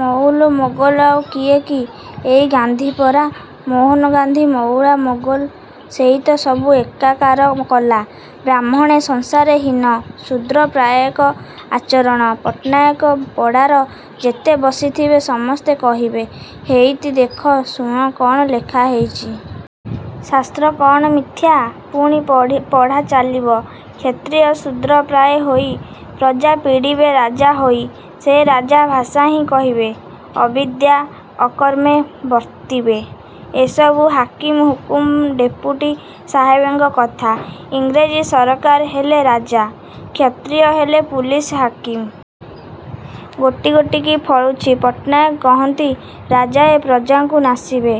ମଉଲ ମୋଗଲ ଆଉ କିଏ କି! ଏଇ ଗାନ୍ଧି ପରା। ମୋହନ ଗାନ୍ଧି ମଉଳା ମୋଗଲ। ସେଇ ତ ସବୁ ଏକାକାର କଲା। ବ୍ରାହ୍ମଣେ ସଂସାରରେ ହୀନ। ଶୂଦ୍ର ପ୍ରାୟେକ ଆଚରଣ। ପଟ୍ଟନାୟକ ପଡ଼ାର ଯେତେ ବସିଥିବେ ସମସ୍ତେ କହିବେ, ହେଇତି ଦେଖ, ଶୁଣ, କ'ଣ ଲେଖା ହେଇଚି। ଶାସ୍ତ୍ର କ'ଣ ମିଥ୍ୟା। ପୁଣି ପଢି ପଢ଼ାଚାଲିବ, କ୍ଷତ୍ରିୟେ ଶୂଦ୍ର ପ୍ରାୟେ ହୋଇ। ପ୍ରଜା ପୀଡ଼ିବେ ରାଜା ହୋଇ। ସେ ରାଜା ଭାଷାହିଁ କହିବେ। ଅବିଦ୍ୟା ଅକର୍ମେ ବର୍ତ୍ତିବେ। ଏସବୁ ହାକିମ ହୁକୁମ ଡେପୁଟି ସାହେବଙ୍କ କଥା। ଇଂରେଜୀ ସରକାର ହେଲେ ରାଜା। କ୍ଷତ୍ରିୟ ହେଲେ ପୁଲିସ ହାକିମ। ଗୋଟି ଗୋଟିକି ଫଳୁଛି। ପଟ୍ଟନାକ କହନ୍ତି, ରାଜାଏ ପ୍ରଜାଙ୍କୁ ନାଶିବେ।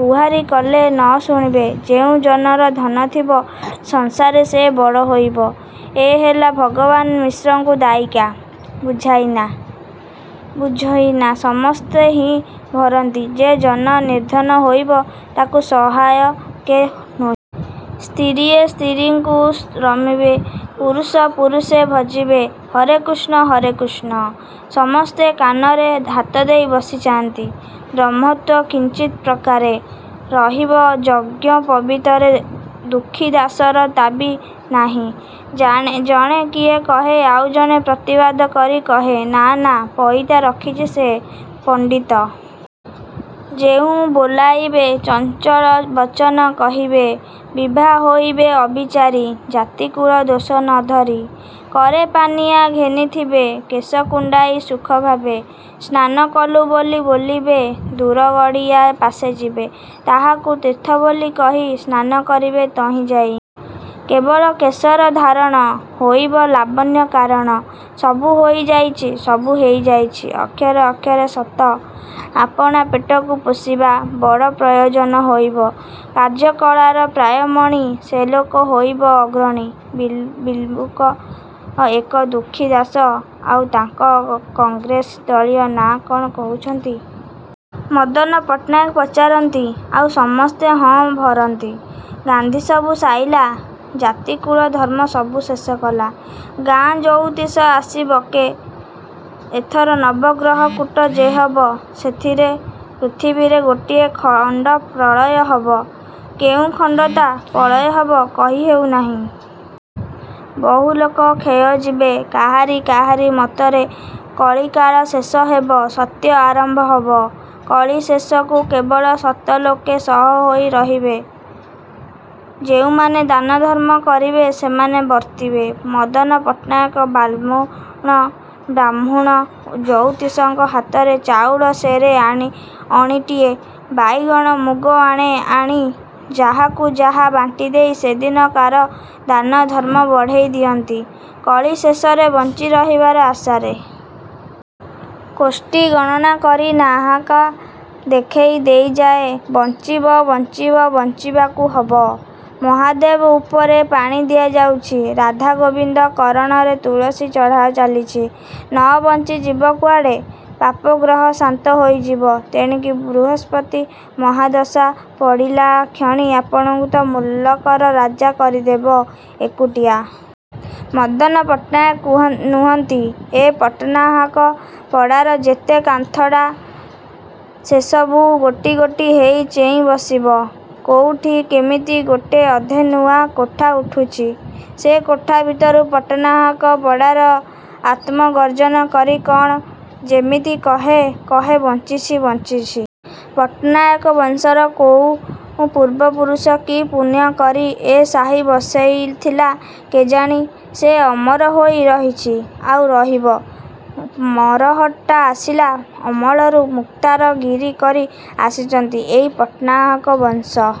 ଗୁହାରି କଲେ ନ ଶୁଣିବେ। ଯେଉଁ ଜନର ଧନ ଥିବ। ସଂସାରେ ସେ ବଡ଼ ହୋଇବ। ଏ ହେଲା ଭଗବାନ ମିଶ୍ରଙ୍କୁ ଦାୟିକା, ବୁଝାଇନା ବୁଝଇନା? ସମସ୍ତେ ହଁ ଭରନ୍ତି। ଯେ ଜନ ନିର୍ଧନ ହୋଇବ। ତାକୁ ସହାୟ କେ ହୋ। ସ୍ତିରୀଏ ସ୍ତିରୀଙ୍କୁ ରମିବେ। ପୁରୁଷ ପୁରୂଷେ ଭଜିବେ। ହରେ କୃଷ୍ଣ, ହରେ କୃଷ୍ଣ। ସମସ୍ତେ କାନରେ ହାତଦେଇ ବସିଯାନ୍ତି। ବ୍ରହ୍ମତ୍ୱ କିଞ୍ଚିତ୍ ପ୍ରକାରେ। ରହିବ ଯଜ୍ଞୋପବୀତରେ। ଦୁଃଖୀ ଦାଶର ତା'ବି ନାହିଁ। ଜାଣେ ଜଣେ କିଏ କହେ ଆଉ ଜଣେ ପ୍ରତିବାଦ କରି କହେ, ନା ନା ପଇତା ରଖିଛି ସେ। ପଣ୍ଡିତ ଯେହୁ ବୋଲାଇବେ। ଚଞ୍ଚଳ ବଚନ କହିବେ। ବିଭା ହୋଇବେ ଅବିଚାରି। ଜାତିକୁଳ ଦୋଷ ନ ଧରି। କରେ ପାନିଆ ଘେନିଥିବେ। କେଶ କୁଣ୍ଡାଇ ସୁଖଭାବେ। ସ୍ନାନ କଲୁ ବୋଲି ବୋଲିବେ। ଦୂର ଗଡ଼ିଆ ପାଶେ ଯିବେ। ତାହାକୁ ତୀର୍ଥ ବୋଲି କହି। ସ୍ନାନ କରିବେ ତହିଁ ଯାଇ। କେବଳ କେଶର ଧାରଣ। ହୋଇବ ଲାବଣ୍ୟ କାରଣ। ସବୁ ହୋଇଯାଉଛି, ସବୁ ହେଇଯାଉଛି, ଅକ୍ଷରେ ଅକ୍ଷରେ ସତ। ଆପଣା ପେଟକୁ ପୋଷିବା। ବଡ଼ ପ୍ରୟୋଜନ ହୋଇବ। କାର୍ଯ୍ୟକଳାର ପ୍ରାୟ ମଣି। ସେ ଲୋକ ହୋଇବ ଅଗ୍ରଣୀ। ବି ବିଲ୍କୁଲ୍ ଏକ ଦୁଃଖୀ ଦାଶ ଆଉ ତାଙ୍କ କଂଗ୍ରେସ ଦଳୀୟ ନା କ'ଣ କହୁଛନ୍ତି? ମଦନ ପଟ୍ଟନାୟକ ପଚାରନ୍ତି। ଆଉ ସମସ୍ତେ ହଁ ଭରନ୍ତି। ଗାନ୍ଧି ସବୁ ସାଇଲା। ଜାତି କୁଳ ଧର୍ମ ସବୁ ଶେଷ କଲା। ଗାଁ ଜଉତିଷ ଆସି ବକେ ଏଥର ନବଗ୍ରହ କୂଟ ଯେ ହବ, ସେଥିରେ ପୃଥିବୀରେ ଗୋଟିଏ ଖଣ୍ଡପ୍ରଳୟ ହବ। କେଉଁ ଖଣ୍ଡଟା ପ୍ରଳୟ ହବ, କହି ହେଉ ନାହିଁ। ବହୁଲୋକ କ୍ଷୟ ଯିବେ, କାହାରି କାହାରି ମତରେ କଳିକାଳ ଶେଷ ହେବ, ସତ୍ୟ ଆରମ୍ଭ ହବ। କଳି ଶେଷକୁ କେବଳ ସତ ଲୋକେ ଶହ ହୋଇ ରହିବେ। ଯେଉଁମାନେ ଦାନ ଧର୍ମ କରିବେ, ସେମାନେ ବର୍ତ୍ତିବେ। ମଦନ ପଟ୍ଟନାୟକ ବଦ୍ମନ ବାହ୍ମୁଣ ଜଉତିଷଙ୍କ ହାତରେ ଚାଉଳ ସେରେ, ଆଣେ ଅଣିଟିଏ, ବାଇଗଣ ମୁଗ ମାଣେ ଆଣି ଯାହାକୁ ଯାହା ବାଣ୍ଟି ଦେଇ ସେଦିନକାର ଦାନ ଧର୍ମ ବଢ଼େଇ ଦିଅନ୍ତି, କଳି ଶେଷରେ ବଞ୍ଚି ରହିବାର ଆଶାରେ। କୋଷ୍ଠୀ ଗଣନା କରି ନାହାକ ଦେଖେଇ ଦେଇଯାଏ, ବଞ୍ଚିବ, ବଞ୍ଚିବ, ବଞ୍ଚିବାକୁ ହବ। ମହାଦେବ ଉପରେ ପାଣି ଦିଆଯାଉଛି, ରାଧା ଗୋବିନ୍ଦ କରଣରେ ତୁଳସୀ ଚଢ଼ା ଚାଲିଚି, ନ ବଞ୍ଚି ଯିବ କୁଆଡ଼େ। ପାପଗ୍ରହ ଶାନ୍ତ ହୋଇଯିବ। ତେଣିକି ବୃହସ୍ପତି ମହାଦଶା ପଡ଼ିଲାକ୍ଷଣି, ଆପଣଙ୍କୁ ତ ମୁଲକର ରାଜା କରିଦେବ। ଏକୁଟିଆ ମଦନ ପଟ୍ଟନାୟକ କୁହ୍ ନୁହନ୍ତି। ଏ ପଟ୍ଟନାହାକ ପଡ଼ାର ଯେତେ କାନ୍ଥଡ଼ା ସେସବୁ ଗୋଟି ଗୋଟି ହେଇ ଚେଇଁ ବସିବ। କୋଉଠି କେମିତି ଗୋଟେ ଅଧେ ନୂଆ କୋଠା ଉଠୁଛି। ସେ କୋଠା ଭିତରୁ ପଟ୍ଟନାହାକ ପଡ଼ାର ଆତ୍ମ ଗର୍ଜନ କରି କ'ଣ ଯେମିତି କହେ। କହେ, ବଞ୍ଚିଛି, ବଞ୍ଚିଛି। ପଟ୍ଟନାୟକ ବଂଶର କୋଉଁ ପୂର୍ବପୁରୁଷ କି ପୁଣ୍ୟ କରି ଏ ସାହି ବସେଇଥିଲା କିଜାଣି, ସେ ଅମର ହୋଇ ରହିଚି, ଆଉ ରହିବ। ମରହଟ୍ଟା ଆସିଲା ଅମଳରୁ ମୁକ୍ତାରଗିରି କରି ଆସିଚନ୍ତି ଏଇ ପଟ୍ଟନାହାକ ବଂଶ।